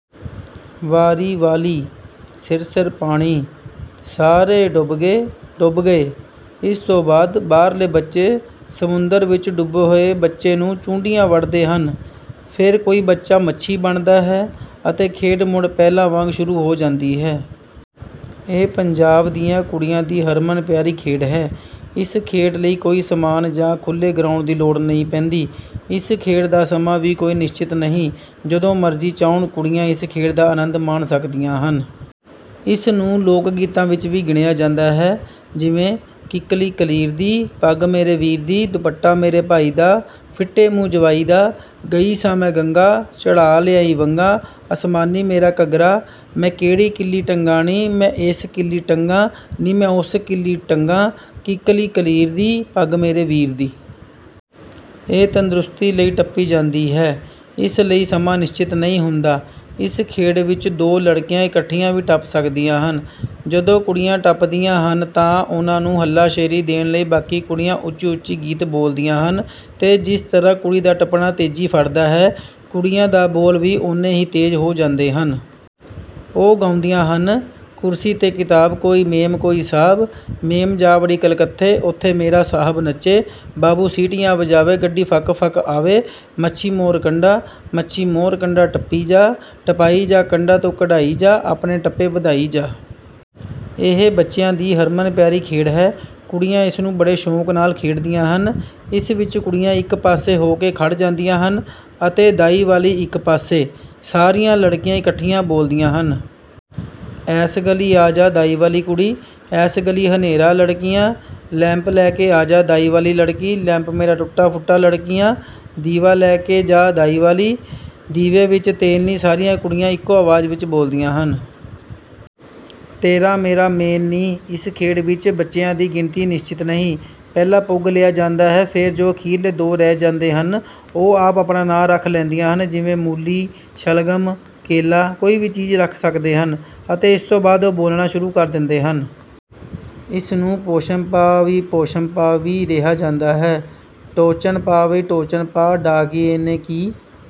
ਵਾਰੀ ਵਾਲ਼ੀ: ਸਿਰ ਸਿਰ ਪਾਣੀ। ਸਾਰੇ: ਡੁੱਬ ਗਏ! ਡੁੱਬ ਗਏ। ਇਸ ਤੋਂ ਬਾਅਦ ਬਾਹਰਲੇ ਬੱਚੇ ਸਮੁੰਦਰ ਵਿੱਚ ਡੁੱਬੇ ਹੋਏ ਬੱਚੇ ਨੂੰ ਚੂੰਡੀਆਂ ਵੱਢਦੇ ਹਨ। ਫਿਰ ਕੋਈ ਬੱਚਾ ਮੱਛੀ ਬਣਦਾ ਹੈ ਅਤੇ ਖੇਡ ਮੁੜ ਪਹਿਲਾਂ ਵਾਂਗ ਸ਼ੁਰੂ ਹੋ ਜਾਂਦੀ ਹੈ। ਇਹ ਪੰਜਾਬ ਦੀਆਂ ਕੁੜੀਆਂ ਦੀ ਹਰਮਨ ਪਿਆਰੀ ਖੇਡ ਹੈ। ਇਸ ਖੇਡ ਲਈ ਕੋਈ ਸਮਾਨ ਜਾਂ ਖੁੱਲ੍ਹੇ ਗਰਾਉਂਡ ਦੀ ਲੋੜ ਨਹੀਂ ਪੈਂਦੀ। ਇਸ ਖੇਡ ਦਾ ਸਮਾਂ ਵੀ ਕੋਈ ਨਿਸ਼ਚਿਤ ਨਹੀਂ ਜਦੋਂ ਮਰਜ਼ੀ ਚਾਹੁਣ ਕੁੜੀਆਂ ਇਸ ਖੇਡ ਦਾ ਅਨੰਦ ਮਾਣ ਸਕਦੀਆਂ ਹਨ। ਇਸ ਨੂੰ ਲੋਕ-ਗੀਤਾਂ ਵਿੱਚ ਵੀ ਗਿਣਿਆ ਜਾਂਦਾ ਹੈ ਜਿਵੇਂ: ਕਿੱਕਲੀ ਕਲੀਰ ਦੀ, ਪੱਗ ਮੇਰੇ ਵੀਰ ਦੀ ਦੁਪੱਟਾ ਮੇਰੇ ਭਾਈ ਦਾ, ਫਿੱਟੇ ਮੂੰਹ ਜਵਾਈ ਦਾ ਗਈ ਸਾਂ ਮੈਂ ਗੰਗਾ ਚੜ੍ਹਾ ਲਿਆਈ ਵੰਗਾਂ ਅਸਮਾਨੀ ਮੇਰਾ ਘੱਗਰਾ, ਮੈਂ ਕਿਹੜੀ ਕਿੱਲੀ ਟੰਗਾਂਨੀ ਮੈਂ ਇਸ ਕਿੱਲੀ ਟੰਗਾਂ, ਨੀ ਮੈਂ ਉਸ ਕਿੱਲੀ ਟੰਗਾਂ ਕਿੱਕਲੀ ਕਲੀਰ ਦੀ ਪੱਗ ਮੇਰੇ ਵੀਰ ਦੀ। ਇਹ ਤੰਦਰੁਸਤੀ ਲਈ ਟੱਪੀ ਜਾਂਦੀ ਹੈ। ਇਸ ਲਈ ਸਮਾਂ ਨਿਸ਼ਚਿਤ ਨਹੀਂ ਹੁੰਦਾ। ਇਸ ਖੇਡ ਵਿੱਚ ਦੋ ਲੜਕੀਆਂ ਇਕੱਠੀਆਂ ਵੀ ਟੱਪ ਸਕਦੀਆਂ ਹਨ। ਜਦੋਂ ਕੁੜੀਆਂ ਟੱਪਦੀਆਂ ਹਨ ਤਾਂ ਉਨ੍ਹਾਂ ਨੂੰ ਹਲਾਸ਼ੇਰੀ ਦੇਣ ਲਈ ਬਾਕੀ ਕੁੜੀਆਂ ਉੱਚੀ ਉੱਚੀ ਗੀਤ ਬੋਲਦੀਆਂ ਹਨ ਤੇ ਜਿਸ ਤਰ੍ਹਾਂ ਕੁੜੀ ਦਾ ਟੱਪਣਾ ਤੇਜ਼ੀ ਫੜਦਾ ਹੈ, ਕੁੜੀਆਂ ਦਾ ਬੋਲ ਵੀ ਓਨ੍ਹੇ ਹੀ ਤੇਜ਼ ਹੋ ਜਾਂਦੇ ਹਨ। ਉਹ ਗਾਉਂਦੀਆਂ ਹਨ: ਕੁਰਸੀ ਤੇ ਕਿਤਾਬ ਕੋਈ ਮੇਮ ਕੋਈ ਸਾਹਬ, ਮੇਮ ਜਾ ਵੜੀ ਕਲਕੱਤੇ ਉੱਥੇ ਮੇਰਾ ਸਾਹਬ ਨੱਚੇ, ਬਾਬੂ ਸੀਟੀਆਂ ਵਜਾਵੇ ਗੱਡੀ ਫੱਕ ਫੱਕ ਆਵੇ, ਮੱਛੀ ਮੋਰ ਕੰਡਾ, ਮੱਛੀ ਮੋਰ ਕੰਡਾ ਟੱਪੀ ਜਾ, ਟਪਾਈ ਜਾ ਕੰਡਾ ਤੋਂ ਕਢਾਈ ਜਾ, ਆਪਣੇ ਟੱਪੇ ਵਧਾਈ ਜਾ। ਇਹ ਬੱਚਿਆਂ ਦੀ ਹਰਮਨ ਪਿਆਰੀ ਖੇਡ ਹੈ। ਕੁੜੀਆਂ ਇਸ ਨੂੰ ਬੜੇ ਸ਼ੌਕ ਨਾਲ ਖੇਡਦੀਆਂ ਹਨ। ਇਸ ਵਿੱਚ ਕੁੜੀਆਂ ਇੱਕ ਪਾਸੇ ਹੋ ਕੇ ਖੜ ਜਾਂਦੀਆਂ ਹਨ ਅਤੇ ਦਾਈ ਵਾਲੀ ਇੱਕ ਪਾਸੇ। ਸਾਰੀਆਂ ਲੜਕੀਆਂ ਇਕੱਠੀਆਂ ਬੋਲਦੀਆਂ ਹਨ। ਐਸ ਗਲੀ ਆ ਜਾ ਦਾਈ ਵਾਲੀ ਕੁੜੀ, ਏਸ ਗਲੀ ਹਨੇਰਾ ਲੜਕੀਆਂ, ਲੈਂਪ ਲੈ ਕੇ ਆਜਾ ਦਾਈ ਵਾਲੀ ਲੜਕੀ, ਲੈਂਪ ਮੇਰਾ ਟੁੱਟਾ ਫੁੱਟਾ ਲੜਕੀਆਂ, ਦੀਵਾ ਲੈ ਕੇ ਜਾ ਦਾਈ ਵਾਲੀ, ਦੀਵੇ ਵਿੱਚ ਤੇਲ ਨੀ ਸਾਰੀਆਂ ਕੁੜੀਆਂ ਇੱਕੋ ਆਵਾਜ਼ ਵਿੱਚ ਬੋਲਦੀਆਂ ਹਨ। ਤੇਰਾ ਮੇਰਾ ਮੇਲ ਨੀ। ਇਸ ਖੇਡ ਵਿੱਚ ਬੱਚਿਆਂ ਦੀ ਗਿਣਤੀ ਨਿਸਚਿਤ ਨਹੀਂ, ਪਹਿਲਾਂ ਪੁੱਗ ਲਿਆ ਜਾਂਦਾ ਹੈ ਫਿਰ ਜੋ ਅਖੀਰਲੇ ਦੋ ਰਹਿ ਜਾਂਦੇ ਹਨ ਉਹ ਆਪ ਆਪਣਾ ਨਾ ਰੱਖ ਲੈਂਦੀਆਂ ਹਨ ਜਿਵੇਂ ਮੂਲ਼ੀ, ਸ਼ਲਗਮ, ਕੇਲਾ ਕੋਈ ਵੀ ਚੀਜ਼ ਰੱਖ ਸਕਦੇ ਹਨ ਅਤੇ ਇਸ ਤੋਂ ਬਾਅਦ ਉਹ ਬੋਲਣਾ ਸ਼ੁਰੂ ਕਰ ਦਿੰਦੇ ਹਨ। ਇਸਨੂੰ ਪੋਸ਼ਮਪਾ ਵਈ ਪੋਸ਼ਮਪਾ ਵੀ ਰਿਹਾ ਜਾਂਦਾ ਹੈ। ਟੋਚਨ ਪਾ ਵਈ ਟੋਚਨ ਪਾ ਡਾਕੀਏ ਨੇ ਕੀ